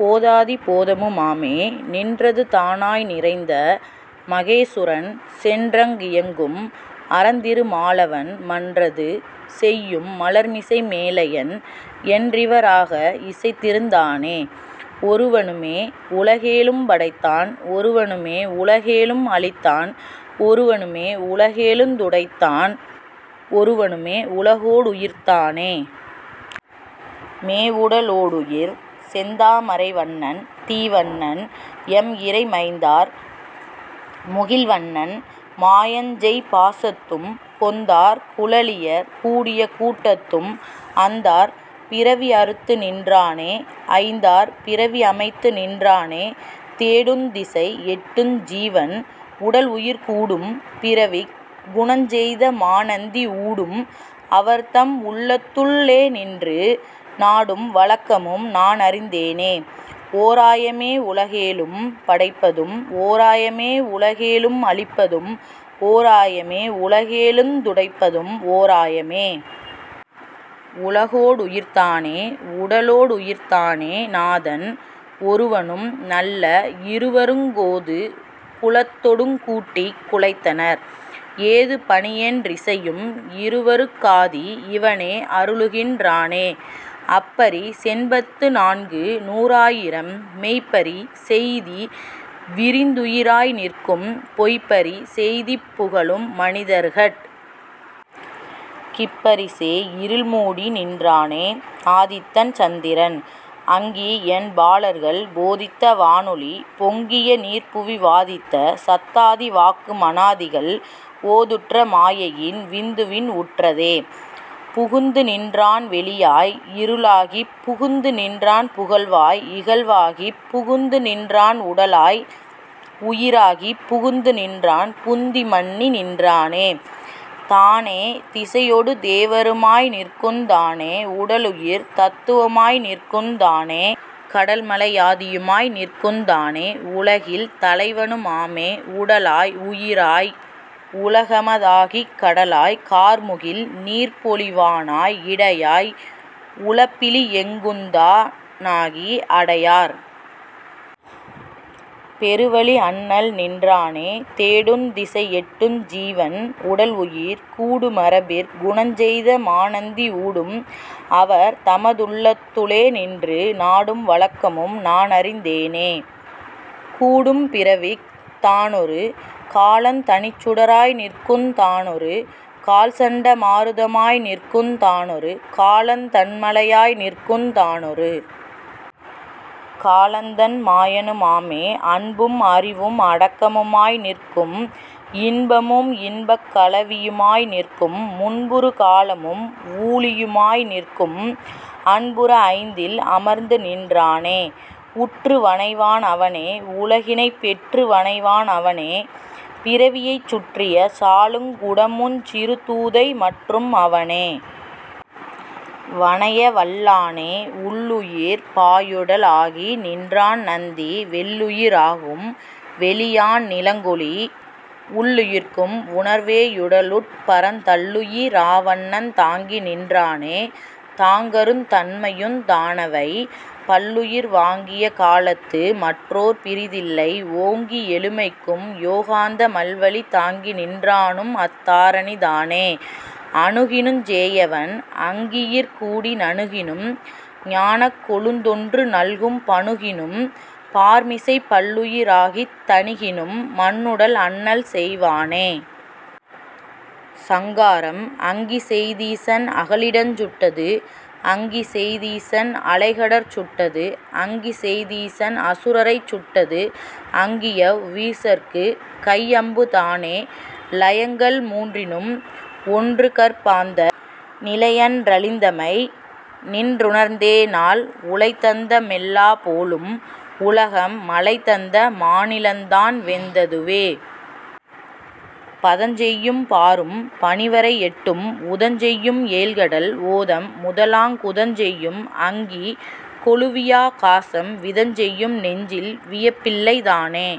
போதாதி போதமு மாமே நின்றது தானாய் நிறைந்த மகேசுரன் சென்றங் கியங்கும் அரந்திரு மாலவன் மன்றது செய்யும் மலர்மிசை மேலயன் என்றிவ ராக இசைந்திருந் தானே ஒருவனு மேஉல கேழும் படைத்தான் ஒருவனு மேஉல கேழும் அளித்தான்। ஒருவனு மேஉல கேழுந் துடைத்தான் ஒருவனு.. மேஉல கோடுயிர் தானே.. மேஉடலோடுயிர் செந்தா மரைவண்ணன் தீவண்ணன் எம் இறை மைந்தார் முகில்வண்ணன் மாயஞ்செய் பாசத்தும் கொந்தார் குழலியர் கூடிய கூட்டத்தும்.. அந்தார் பிறவி அறுத்துநின் றானே.. ஐந்தார் பிறவி அமைத்து நின்றானே தேடுந் திசைஎட்டுஞ் ஜீவன் உடல்உயிர் கூடும் பிறவிக் குணஞ்செய்த மாநந்தி ஊடும் அவர்தம் துள்ளத்துள் ளேநின்று நாடும் வழக்கமும் நான்அறிந் தேனே ஓராய மேஉல கேழும் படைப்பதும் ஓராய மேஉல கேழும் அளிப்பதும் ஓராய மேஉல கேழுந் துடைப்பதும் ஓராய மே.. உல கோடுயிர் தானே.. உடலோடுயிர் தானே நாதன் ஒருவனும் நல்ல இருவருங் கோது குலத்தொடுங் கூட்டிக் குழைத்தனர் ஏது பணியென் றிசையும் இருவருக் காதி இவனே அருளுகின் றானே அப்பரி செண்பத்து நான்குநூ றாயிரம் மெய்ப்பரி செய்தி விரிந்துயி ராய்நிற்கும் பொய்ப்பரி செய்திப் புகலும் மனிதர்கட் கிப்பரி சேஇருள் மூடிநின் றானே ஆதித்தன் சந்திரன் அங்கிஎண் பாலர்கள் போதித்த வானொலி பொங்கிய நீர்ப்புவி வாதித்த சத்தாதி வாக்கு மனாதிகள் ஓதுற்ற மாயையின் விந்துவின் உற்றதே புகுந்துநின் றான்வெளி யாய்இரு ளாகிப் புகுந்துநின் றான்புகழ் வாய்இகழ் வாகிப் புகுந்துநின் றான்உட லாய்உயி ராகிப் புகுந்துநின் றான்புந்தி மன்னிநின் றானே தானே திசையொடு தேவரு மாய்நிற்குந் தானே உடலுயிர் தத்துவ மாய்நிற்குந் தானே கடல்மலை யாதியு மாய்நிற்குந் தானே உலகில் தலைவனு மாமே உடலாய் உயிராய் உலகம தாகிக் கடலாய் கார்முகில் நீர்ப்பொழி வானாய் இடையாய் உலப்பிலி எங்குந்தா னாகி அடையார்.. பெருவழி அண்ணல் நின்றானே தேடுந் திசைஎட்டுஞ் சீவன் உடல்உயிர்.. கூடு மரபிற் குணஞ்செய்த மாநந்தி ஊடும் அவர்தம துள்ளத்து ளேநின்று நாடும் வழக்கமும் நான்அறிந் தேனே.. கூடும்பிறவிக் தானொரு காலந் தனிச்சுட ராய்நிற்குந் தானொரு கால்சண்ட மாருத மாய்நிற்குந் தானொரு காலந் தண்மழை யாய்நிற்குந் தானொரு காலந்தண் மாயனு மாமே அன்பும் அறிவும் அடக்கமு மாய்நிற்கும் இன்பமும் இன்பக் கலவியு மாய்நிற்கும் முன்புறு காலமும் ஊழியு மாய்நிற்கும் அன்புற ஐந்தில் அமர்ந்துநின் றானே உற்று வனைவான் அவனே உலகினைப் பெற்று வனைவான் அவனே பிறவியைச் சுற்றிய சாலுங் குடமுஞ் சிறுதூதை மற்றும் அவனே வனையவல் லானே உள்ளுயிர்ப் பாயுட லாகிநின் றான்நந்தி வெள்ளுயி ராகும் வெளியான் நிலங்கொளி உள்ளுயிர்க் கும்உணர் வேயுட லுட்பரந் தள்ளுயி ராவண்ணந் தாங்கிநின் றானே தாங்கருந் தன்மையுந் தானவை பல்லுயிர் வாங்கிய காலத்து மற்றோர் பிறிதில்லை ஓங்கி எழுமைக்கும் யோகாந்த மவ்வழி தாங்கிநின் றானும்அத் தாரணி தானே அணுகினுஞ் சேயவன் அங்கியிற் கூடி நணுகினும் ஞானக் கொழுந்தொன்று நல்கும் பணுகினும் பார்மிசைப் பல்லுயி ராகித் தணிகினும் மண்ணுடல் அண்ணல்செய் வானே.. சங்காரம் அங்கிசெய் தீசன் அகலிடஞ் சுட்டது அங்கிசெய் தீசன் அலைகடற் சுட்டது அங்கிசெய் தீசன் அசுரரைச் சுட்டது அங்கியவ் வீசற்குக் கைஅம்பு தானே இலயங்கள் மூன்றினும் ஒன்றுகற் பாந்த நிலையன் றழிந்தமை நின்றுணர்ந் தேனால் உலைதந்த மெல்லா போலும் உலகம் மலைதந்த மானிலந் தான்வெந் ததுவே பதஞ்செய்யும் பாரும் பனிவரை எட்டும் உதஞ்செய்யும் ஏழ்கடல் ஓதம் முதலாங் குதஞ்செய்யும் அங்கி கொளுவியா காசம் விதஞ்செய்யும் நெஞ்சில் வியப்பில்லை தானே